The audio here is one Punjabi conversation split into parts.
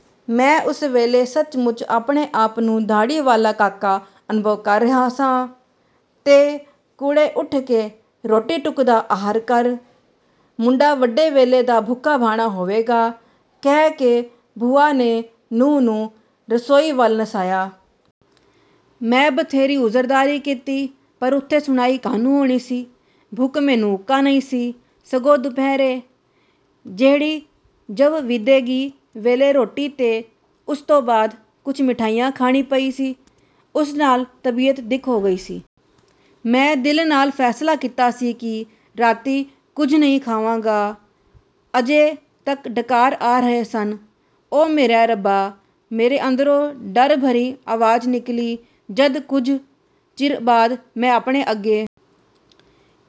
" ਮੈਂ ਉਸ ਵੇਲੇ ਸੱਚ ਮੁੱਚ ਆਪਣੇ ਆਪ ਨੂੰ ਦਾਹੜੀ ਵਾਲਾ ਕਾਕਾ ਅਨੁਭਵ ਕਰ ਰਿਹਾ ਸਾਂ। "ਤੇ ਕੁੜੇ ਉਠ ਕੇ ਰੋਟੀ ਟੁਕ ਦਾ ਆਹਰ ਕਰ। ਮੁੰਡਾ ਵੱਡੇ ਵੇਲੇ ਦਾ ਭੁੱਖਾ ਭਾਣਾ ਹੋਵੇਗਾ। " ਕਹਿ ਕੇ ਭੂਆ ਨੇ ਨੂੰਹ ਨੂੰ ਰਸੋਈ ਵੱਲ ਨਸਾਇਆ। ਮੈਂ ਬਥੇਰੀ ਉਜ਼ਰਦਾਰੀ ਕੀਤੀ, ਪਰ ਉਥੇ ਸੁਣਾਈ ਕਾਹਨੂੰ ਹੋਣੀ ਸੀ। ਭੁੱਖ ਮੈਨੂੰ ਉੱਕਾ ਨਹੀਂ ਸੀ, ਸਗੋਂ ਦੁਪਹਿਰੇ ਜਿਹੜੀ ਜੰਞ ਵਿਦੈਗੀ ਵੇਲੇ ਰੋਟੀ ਤੇ ਉਸ ਤੋਂ ਬਾਅਦ ਕੁਝ ਮਠਿਆਈ ਖਾਣੀ ਪਈ ਸੀ, ਉਸ ਨਾਲ ਤਬੀਅਤ ਦਿਕ ਹੋ ਗਈ ਸੀ। ਮੈਂ ਦਿਲ ਨਾਲ ਫੈਸਲਾ ਕੀਤਾ ਸੀ ਕਿ ਰਾਤੀਂ ਕੁਝ ਨਹੀਂ ਖਾਵਾਂਗਾ। ਅਜੇ ਤੱਕ ਡਕਾਰ ਆ ਰਹੇ ਸਨ। "ਓ ਮੇਰਿਆ ਰੱਬਾ" ਮੇਰੇ ਅੰਦਰੋਂ ਡਰ ਭਰੀ ਆਵਾਜ਼ ਨਿਕਲੀ, ਜਦ ਕੁਝ ਚਿਰ ਬਾਅਦ ਮੈਂ ਆਪਣੇ ਅੱਗੇ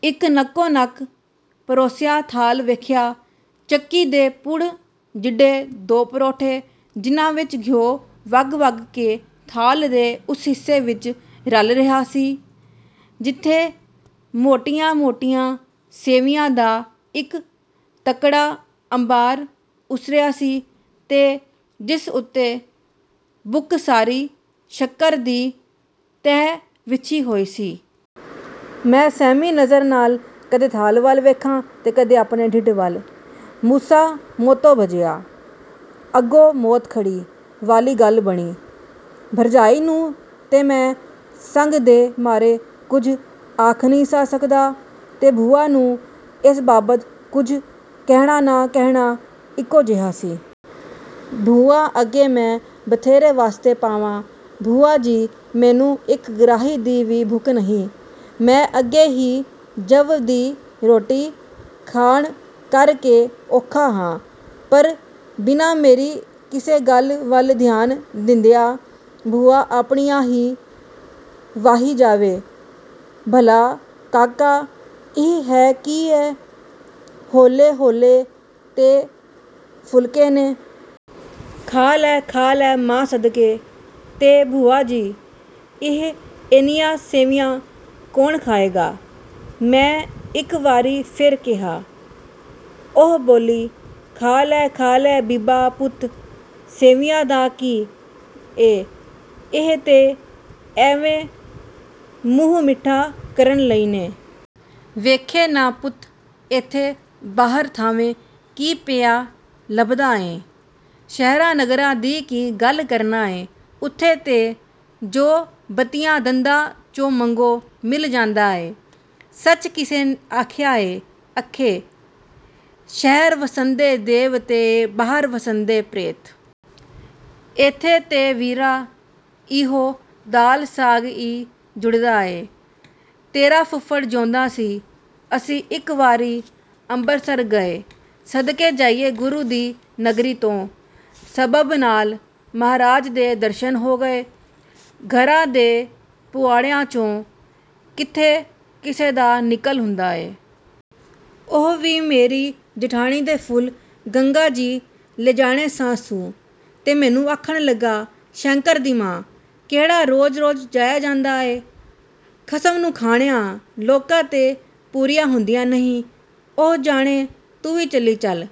ਇਕ ਨੱਕੋ ਨੱਕ ਪਰੋਸਿਆ ਥਾਲ ਵੇਖਿਆ, ਚੱਕੀ ਦੇ ਪੁੜ ਜਿੱਡੇ ਦੋ ਪਰੌਂਠੇ ਜਿਨ੍ਹਾਂ ਵਿਚੋਂ ਘਿਉ ਵਗ ਵਗ ਕੇ ਥਾਲ ਦੇ ਉਸ ਹਿੱਸੇ ਵਿਚ ਰਲ ਰਿਹਾ ਸੀ ਜਿਥੇ ਮੋਟੀਆਂ ਮੋਟੀਆਂ ਸੇਵੀਆਂ ਦਾ ਇਕ ਤਕੜਾ ਅੰਬਾਰ ਉਸਰਿਆ ਸੀ, ਤੇ ਜਿਸ ਉਤੇ ਬੁੱਕ ਸਾਰੀ ਸ਼ੱਕਰ ਦੀ ਤਹਿ ਵਿਛੀ ਹੋਈ ਸੀ। ਮੈਂ ਸਹਿਮੀ ਨਜ਼ਰ ਨਾਲ ਕਦੇ ਥਾਲ ਵੱਲ ਵੇਖਾਂ ਤੇ ਕਦੇ ਆਪਣੇ ਢਿੱਡ ਵੱਲ। "ਮੂਸਾ ਮੌਤੋਂ ਭੱਜਿਆ, ਅੱਗੋਂ ਮੌਤ ਖੜੀ" ਵਾਲੀ ਗੱਲ ਬਣੀ। ਭਰਜਾਈ ਨੂੰ ਤੇ ਮੈਂ ਸੰਗ ਦੇ ਮਾਰੇ ਕੁਝ ਆਖ ਨਹੀਂ ਸਾਂ ਸਕਦਾ, ਤੇ ਭੂਆ ਨੂੰ ਏਸ ਬਾਬਤ ਕੁਝ ਕਹਿਣਾ, ਨਾ ਕਹਿਣਾ ਇਕੋ ਜਿਹਾ ਸੀ। ਭੂਆ ਅੱਗੇ ਮੈਂ ਬਥੇਰੇ ਵਾਸਤੇ ਪਾਵਾਂ, "ਭੂਆ ਜੀ, ਮੈਨੂੰ ਇਕ ਗਰਾਹੀ ਦੀ ਵੀ ਭੁੱਖ ਨਹੀਂ, ਮੈਂ ਅੱਗੇ ਹੀ ਜੰਞ ਦੀ ਰੋਟੀ ਖਾਣ ਕਰ ਕੇ ਔਖਾ ਹਾਂ", ਪਰ ਬਿਨਾਂ ਮੇਰੀ ਕਿਸੇ ਗੱਲ ਵੱਲ ਧਿਆਨ ਦਿੱਤਿਆਂ ਭੂਆ ਆਪਣੀਆਂ ਹੀ ਵਾਹੀ ਜਾਵੇ, "ਭਲਾ ਕਾਕਾ, ਇਹ ਹੈ ਕੀ ਏ, ਹੌਲੇ ਹੌਲੇ ਤੇ ਫੁਲਕੇ ਨੇ। ਖਾ ਲੈ, ਖਾ ਲੈ ਮਾਂ ਸਦਕੇ। " "ਤੇ ਭੂਆ ਜੀ, ਇਹ ਏਨੀਆਂ ਸੇਵੀਆਂ ਕੌਣ ਖਾਏਗਾ? " ਮੈਂ ਇਕ ਵਾਰੀ ਫੇਰ ਕਿਹਾ। ਉਹ ਬੋਲੀ, "ਖਾ ਲੈ, ਖਾ ਲੈ, ਬੀਬਾ ਪੁੱਤ। ਸੇਵੀਆਂ ਦਾ ਕੀ ਏ, ਇਹ ਤੇ ਐਵੇਂ ਮੂੰਹ ਮਿੱਠਾ ਕਰਨ ਲਈ ਨੇ। ਵੇਖੇਂ ਨਾ ਪੁੱਤ, ਏਥੇ ਬਾਹਰ ਥਾਵੇਂ ਕੀ ਪਿਆ ਲੱਭਦਾ ਏ। ਸ਼ਹਿਰਾਂ ਨਗਰਾਂ ਦੀ ਕੀ ਗੱਲ ਕਰਨਾ ਏ, ਉਥੇ ਤੇ ਜੋ ਬੱਤੀਆਂ ਦੰਦਾਂ 'ਚੋਂ ਮੰਗੋ, ਮਿਲ ਜਾਂਦਾ ਏ। ਸੱਚ ਕਿਸੇ ਆਖਿਆ ਏ, ਅਖੇ 'ਸ਼ਹਿਰ ਵਸੰਦੇ ਦੇਵਤੇ ਬਾਹਰ ਵਸੰਦੇ ਪ੍ਰੇਤ'। ਏਥੇ ਤੇ ਵੀਰਾ ਇਹੋ ਦਾਲ ਸਾਗ ਈ ਜੁੜਦਾ ਏ। ਤੇਰਾ ਫੁਫੜ ਜਿਊਂਦਾ ਸੀ, ਅਸੀਂ ਇਕ ਵਾਰੀ ਅੰਬਰਸਰ ਗਏ। ਸਦਕੇ ਜਾਈਏ ਗੁਰੂ ਦੀ ਨਗਰੀ ਤੋਂ। ਸਬੱਬ ਨਾਲ ਮਹਾਰਾਜ ਦੇ ਦਰਸ਼ਨ ਹੋ ਗਏ, ਘਰਾਂ ਦੇ ਪੁਆੜਿਆਂ 'ਚੋਂ ਕਿਥੇ ਕਿਸੇ ਦਾ ਨਿਕਲ ਹੁੰਦਾ ਏ। ਉਹ ਵੀ ਮੇਰੀ ਜਠਾਣੀ ਦੇ ਫੁੱਲ ਗੰਗਾ ਜੀ ਲਿਜਾਣੇ ਸਾ ਸੂ, ਤੇ ਮੈਨੂੰ ਆਖਣ ਲੱਗਾ, 'ਸ਼ੈਂਕਰ ਦੀ ਮਾਂ, ਕਿਹੜਾ ਰੋਜ਼ ਰੋਜ਼ ਜਾਇਆ ਜਾਂਦਾ ਏ, ਖਸਮ ਨੂੰ ਖਾਣੀਆਂ ਲੋੜਾਂ ਤੇ ਪੂਰੀਆਂ ਹੁੰਦੀਆਂ ਨਹੀਂ, ਉਹ ਜਾਣੇ ਤੂੰ ਵੀ ਚਲੀ ਚੱਲ',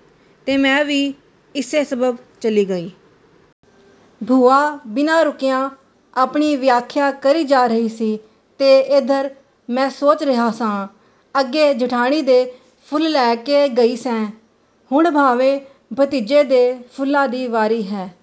ਤੇ ਮੈਂ ਵੀ ਇਸੇ ਸਬੱਬ ਚਲੀ ਗਈ। " ਭੂਆ ਬਿਨਾਂ ਰੁਕਿਆ ਆਪਣੀ ਵਿਆਖਿਆ ਕਰੀ ਜਾ ਰਹੀ ਸੀ, ਤੇ ਏਧਰ ਮੈਂ ਸੋਚ ਰਿਹਾ ਸਾਂ, "ਅੱਗੇ ਜਿਠਾਣੀ ਦੇ ਫੁੱਲ ਲੈ ਕੇ ਗਈ ਸੈਂ, ਹੁਣ ਭਾਵੇਂ ਭਤੀਜੇ ਦੇ ਫੁੱਲਾਂ ਦੀ ਵਾਰੀ ਹੈ।